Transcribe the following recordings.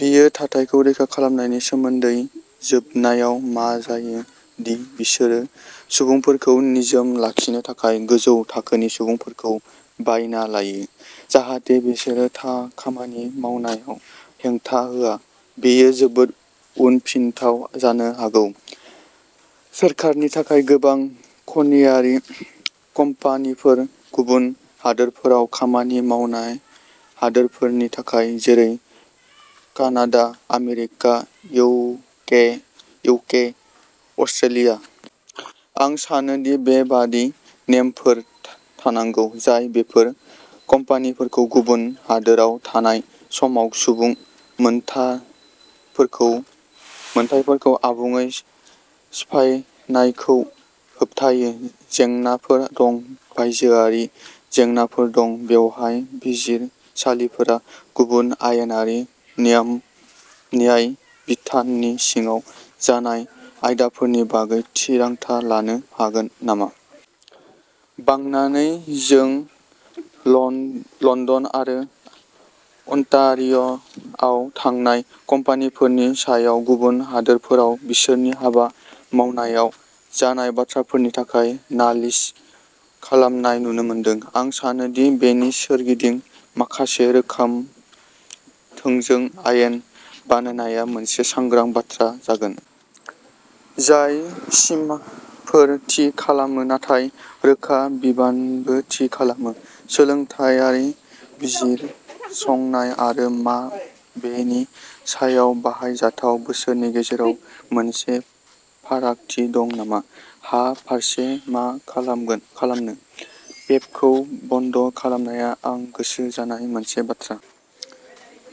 बेयो थाथायखौ रैखा खालामनायनि सोमोन्दै, जोबनायाव मा जायो दि बिसोरो सुबुंफोरखौ निजोम लाखिनो थाखाय गोजौ थाखोनि सुबुंफोरखौ बायना लायो, जाहाथे बिसोरो था खामानि मावनायाव हेंथा होआ। बेयो जोबोद उनफिनथाव जानो हागौ। सोरखारनि थाखाय गोबां खनियारि कम्पानिफोर गुबुन हादोरफोराव खामानि मावनाय हादोरफोरनि थाखाय, जेरै Canada, America, UK UK, Australia. आं सानो दि बेबादि नेमफोर थानांगौ जाय बेफोर कम्पानिफोरखौ गुबुन हादोराव थानाय समाव सुबुं मोनथाफोरखौ आबुङै सिफायनायखौ होबथायो। जेंनाफोर दं, बायजोआरिनि जेंनाफोर दं, बेवहाय बिजिरसालिफोरा गुबुन आयेनारि नियेम न्याय बिथाननि सिङाव जानाय आयदाफोरनि बागै थिरांथा लानो हागोन नामा? बांनानै जों लन लण्डन आरो अन्टारिय'आव थांनाय कम्पानिफोरनि सायाव गुबुन हादोरफोराव बिसोरनि हाबा मावनायाव जानाय बाथ्राफोरनि थाखाय नालिस खालामनाय नुनो मोनदों। आं सानो दि बेनि सोरगिदिं माखासे राखोमनि थांजों आयेन बानायनाया मोनसे सांग्रां बाथ्रा जागोन। जाय सिमाफोर थि खालामो, नाथाय रोखा बिबानबो थि खालामो। सोलोंथायारि बिजिरसंनाय आरो मा बेनि सायाव बाहायजाथाव बोसोननि गेजेराव मोनसे फारागथि दं नामा? हा फारसे मा खालामगोन खालामनो? गेपखौ बन्द खालामनाया आं गोसो जानाय मोनसे बाथ्रा।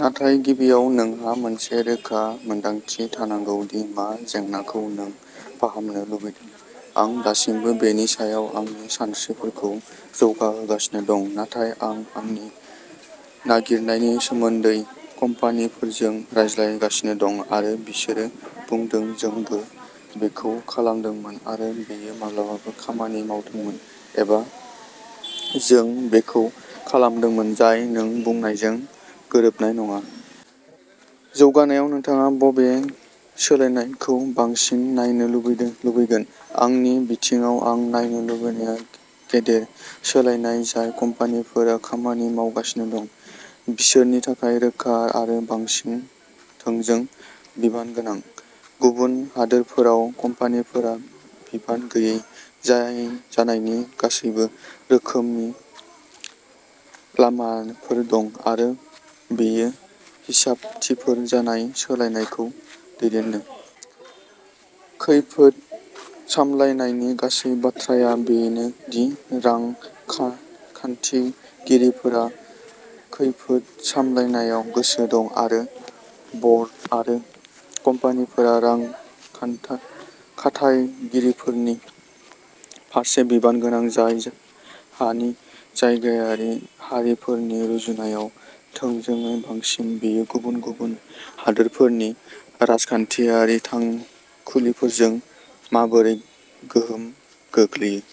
नाथाय गिबियाव नोंहा मोनसे रोखा मोनदांथि थानांगौ दि मा जेंनाखौ नों फाहामनो लुबैदों। आं दासिमबो बेनि सायाव आंनि सानस्रिफोरखौ जौगाहोगासिनो दं। नाथाय आं आंनि नागिरनायनि सोमोन्दै कम्पानिफोरजों रायज्लायगासिनो दं आरो बिसोरो बुंदों, "जोंबो बेखौ खालामदोंमोन आरो बेयो माब्लाबा खामानि मावदोंमोन", एबा "जों बेखौ खालामदोंमोन, जाय नों बुंनायजों गोरोबनाय नङा।" जौगानायाव नोंथाङा बबे सोलायनायखौ बांसिन नायनो लुदों लुबैगोन? आंनि बिथिङाव, आं नायनो लुबैनाया गेदेर सोलायनाय जाय कम्पानिफोरा खामानि मावगासिनो दं बिसोरनि थाखाय रोखा आरो बांसिन थोंजों बिबानगोनां। गुबुन हादोरफोराव कम्पानिफोरहा बिबान गैयै जाय जानायनि गासैबो रोखोमनि लामाफोर दं आरो बेयो हिसाबथिफोर जानाय सोलायनायखौ दैदेनो। खैफोद सामलायनायनि गासै बाथ्राया बेनो दि रां खान खान्थि गिरिफोरा खैफोद सामलायनायाव गोसो दं आरो ब'र्ड आरो कम्पानिफोरा रां खान्थाय खाथायगिरिफोरनि फारसे बिबान गोनां जाय हानि जायगायारि हारिफोरनि रुजुनायाव थोंजोङै बांसिन। बेयो गुबुन गुबुन हादोरफोरनि राजखान्थियारि थांखुलिफोरजों माबोरै गोहोम गोग्लैयो?